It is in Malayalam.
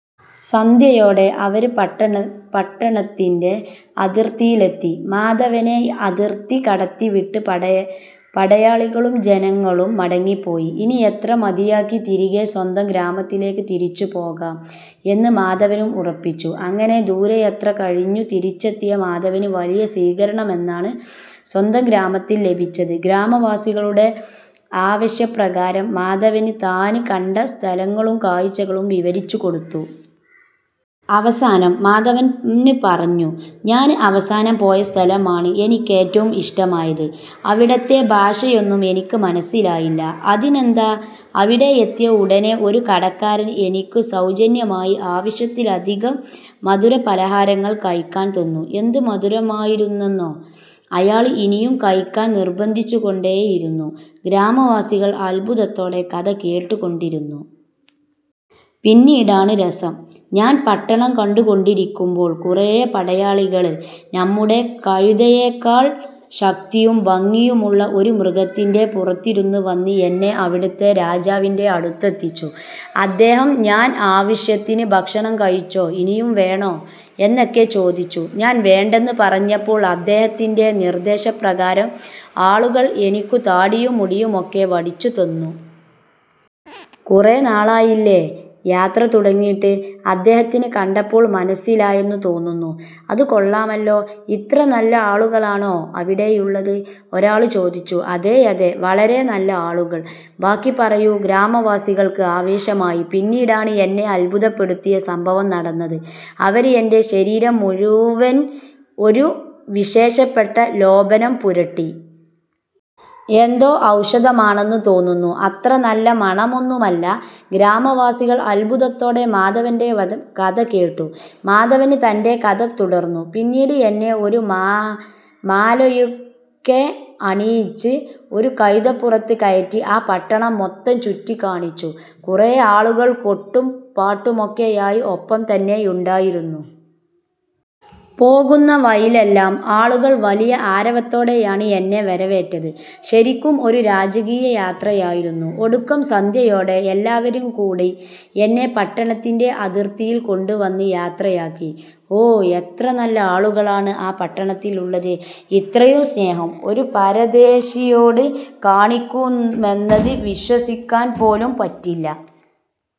സന്ധ്യയോടെ അവര് പട്ടണത്തിന്റെ അതിര്ത്തിയിലെത്തി. മാധവനെ അതിര്ത്തി കടത്തി വിട്ട് പടയാളികളും ജനങളും മടങ്ങിപ്പോയി. ഇനി യാത്ര മതിയാക്കി തിരികെ സ്വന്തം ഗ്രാമത്തിലേയ്ക്ക് തിരിച്ചു പോകാം എന്ന് മാധവനും ഉറപ്പിച്ചു. അങ്ങിനെ ദൂരയാത്ര കഴിഞ്ഞു തിരിച്ചെത്തിയ മാധവന് വലിയ സ്വീകരണമാണ് സ്വന്തം ഗ്രാമത്തില് ലഭിച്ചത്. ഗ്രാമവാസികളുടെ ആവശ്യപ്രകാരം മാധവന് താന് കണ്ട സ്ഥലങ്ങളും കാഴ്ചകളും വിവരിച്ചു കൊടുത്തു. അവസാനം മാധവന് പറഞ്ഞു. "ഞാന് അവസാനം പോയ സ്ഥലമാണ് എനിക്കേറ്റവും ഇഷ്ടമായത്. അവിടത്തെ ഭാഷയോന്നും എനിക്ക് മനസ്സിലായില്ല. അതിനെന്താ? അവിടെ എത്തിയ ഉടനെ ഒരു കടക്കാരന് എനിക്കു സൌജന്യമായി ആവശ്യത്തിലധികം മധുര പലഹാരങ്ങള് കഴിക്കാന് തന്നു. എന്ത് മധുരമായിരുന്നെന്നോ? അയാള് ഇനിയും കഴിക്കാന് നിര്ബന്ധിച്ചുകൊണ്ടേയിരുന്നു. " ഗ്രാമവാസികള് അത്ഭുതത്തോടെ കഥ കേട്ടുകൊണ്ടിരുന്നു. "പിന്നീടാണ് രസം. ഞാന് പട്ടണം കണ്ടുകൊണ്ടിരിക്കുമ്പോള് കുറെ പടയാളികള് നമ്മുടെ കഴുതയേക്കാള് ശക്തിയും ഭംഗിയുമുള്ള ഒരു മൃഗത്തിന്റെ പുറത്തിരുന്ന് വന്ന് എന്നെ അവിടത്തെ രാജാവിന്റെ അടുത്തെത്തിച്ചു. അദ്ദേഹം ഞാന് ആവശ്യത്തിന് ഭക്ഷണം കഴിച്ചോ, ഇനിയും വേണോ എന്നൊക്കെ ചോദിച്ചു. ഞാന് വേണ്ടെന്ന് പറഞ്ഞപ്പോള് അദ്ദേഹത്തിന്റെ നിര്ദ്ദേശ പ്രകാരം ആളുകള് എനിക്കു താടിയും മുടിയുമൊക്കെ വടിച്ചു തന്നു. കുറെ നാളായില്ലേ, യാത്ര തുടങ്ങിയിട്ട്. അദ്ദേഹത്തിന് കണ്ടപ്പോള് മനസ്സിലായെന്ന് തോന്നുന്നു" "അത് കൊള്ളാമല്ലോ! ഇത്ര നല്ല ആളുകളാണോ അവിടെയുള്ളത്" ഒരാള് ചോദിച്ചു. "അതെയതെ! വളരെ നല്ല ആളുകള്. ബാക്കി പറയൂ" ഗ്രാമവാസികള്ക്ക് ആവേശമായി "പിന്നീടാണ് എന്നെ അത്ഭുതപ്പെടുത്തിയ സംഭവം നടന്നത്. അവര് എന്റെ ശരീരം മുഴുവന് ഒരു വിശേഷപ്പെട്ട ലോപനം പുരട്ടി. എന്തോ ഔഷധം ആണെന്ന് തോന്നുന്നു. അത്ര നല്ല മണമൊന്നുമല്ല. " ഗ്രാമവാസികള് അത്ഭുതത്തോടെ മാധവന്റെ കഥ കേട്ടു. മാധവന് തന്റെ കഥ തുടര്ന്നു. "പിന്നീട് എന്നെ ഒരു മാലയൊക്കെ അണിയിച്ച് ഒരു കഴുതപ്പുറത്ത് കയറ്റി ആ പട്ടണം മൊത്തം ചുറ്റിക്കാണിച്ചു. കുറെ ആളുകള് കൊട്ടും പാട്ടുമൊക്കെയായി ഒപ്പം തന്നെയുണ്ടായിരുന്നു. പോകുന്ന വഴിയിലെല്ലാം ആളുകള് വലിയ ആരവത്തോടെയാണ് എന്നെ വരവേറ്റത്. ശരിക്കും ഒരു രാജകീയ യാത്രയായിരുന്നു! ഒടുക്കം സന്ധ്യയോടെ എല്ലാവരും കൂടി എന്നെ പട്ടണത്തിന്റെ അതിര്ത്തിയില് കൊണ്ട് വന്ന് യാത്രയാക്കി" "ഓ! എത്ര നല്ല ആളുകളാണ് ആ പട്ടണത്തിലുള്ളത്. ഇത്രയും സ്നേഹം ഒരു പരദേശിയോട് കാണിക്കുമെന്നത് വിശ്വസിക്കാന് പോലും പറ്റില്ല.